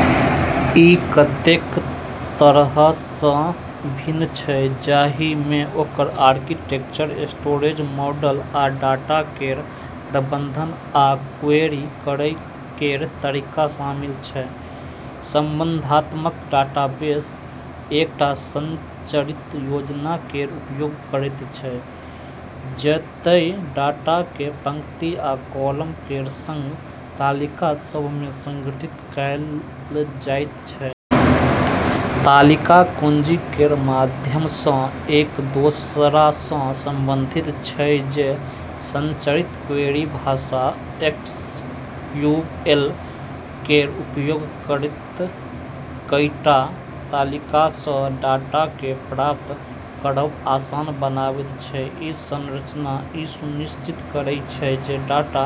ई कतेक तरहसँ भिन्न छै जाहिमे ओकर आर्किटेक्चर स्टोरेज मॉडल आ डाटा केर प्रबंधन आ क्वेरी करै केर तरीका शामिल छै। संबंधात्मक डाटाबेस एकटा संरचित योजना केर उपयोग करैत छै जतए डाटाकेँ पंक्ति आ कॉलम केर संग तालिका सभमे संगठित कएल जाइत छै। तालिका कुंजी केर माध्यमसँ एक दोसरासँ संबंधित छै जे संरचित क्वेरी भाषा एसक्यूएल केर उपयोग करैत कईटा तालिकासँ डेटाकेँ प्राप्त करब आसान बनाबैत छै। ई संरचना ई सुनिश्चित करैत छै जे डाटा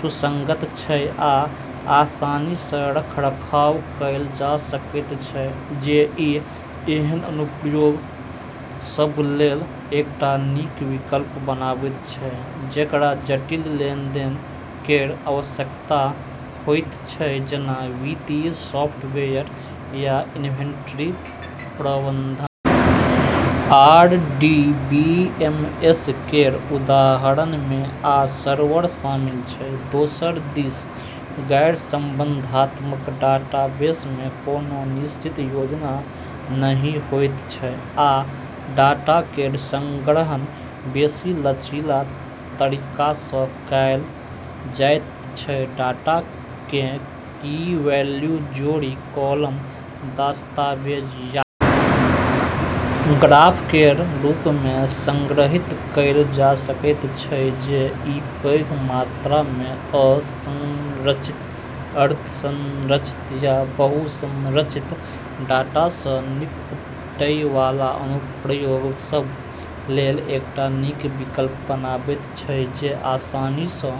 सुसंगत छै आ आसानीसँ रखरखाव कएल जा सकैत छै जे ई एहन अनुप्रयोग सभ लेल एकटा नीक विकल्प बनाबैत छै जेकरा जटिल लेनदेन केर आवश्यकता होइत छै जेना वित्तीय सॉफ्टवेयर या इन्वेंट्री प्रबंधन। आरडीबीएमएस केर उदाहरणमे आ सर्वर शामिल छै। दोसर दिस गैरसंबंधात्मक डाटाबेसमे कोनो निश्चित योजना नहि होइत छै आ डाटा केर संग्रहण बेसी लचीला तरीकासँ कएल जाइत छै। डाटाकेँ कीवैल्यू जोड़ी कॉलम दस्तावेज या ग्राफ केर रूपमे संग्रहीत कएल जा सकैत छै जे ई पैघ मात्रामे असंरचित अर्धसंरचित या बहुसंरचित डाटासँ निपटैवाला अनुप्रयोग सभ लेल एकटा नीक विकल्प बनाबैत छै जे आसानीसँ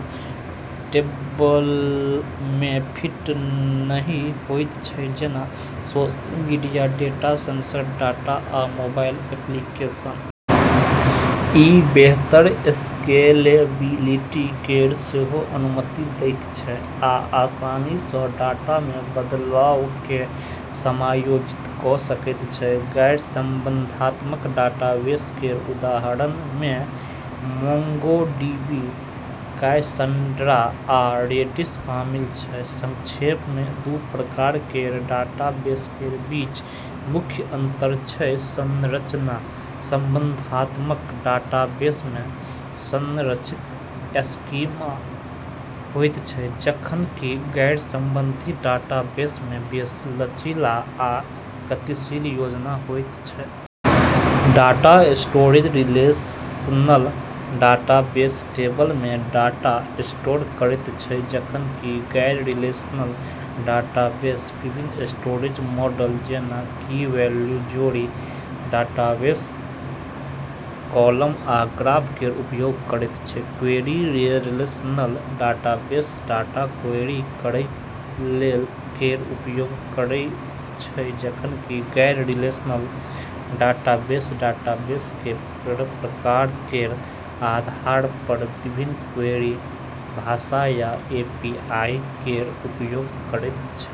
टेबलमे फिट नहि होइत छै जेना social media data sensor data आ मोबाइल एप्लीकेशन। ई बेहतर स्केलेबिलिटी केर सेहो अनुमति दैत छै आ आसानीसँ डाटामे बदलावकेँ समायोजित कऽ सकैत छै। गैरसंबंधात्मक डाटाबेस केर उदाहरणमे मोंगोडीबी कैसंड्रा आ रेडिस शामिल छै। संक्षेपमे दू प्रकार केर डाटाबेस केर बीच मुख्य अंतर छै संरचना संबंधात्मक डाटाबेसमे संरचित स्कीमा होइत छै जखन कि गैरसंबंधी डाटाबेसमे बेसी लचीला आ गतिशील योजना होइत छै। डाटा स्टोरेज रिलेशनल डाटाबेस टेबलमे डाटा स्टोर करैत छै जखन कि गैररिलेशनल डाटाबेस विभिन्न स्टोरेज मॉडल जेना कीवैल्यू जोड़ी दस्तावेज कॉलम आ ग्राफ केर उपयोग करैत छै। Query relational database data query करै लेल केर उपयोग करैत छै जखन कि गैररिलेशनल डाटाबेस डाटाबेस केर प्रकार केर आधारपर विभिन्न क्वेरी भाषा या एपीआई केर उपयोग करैत छै।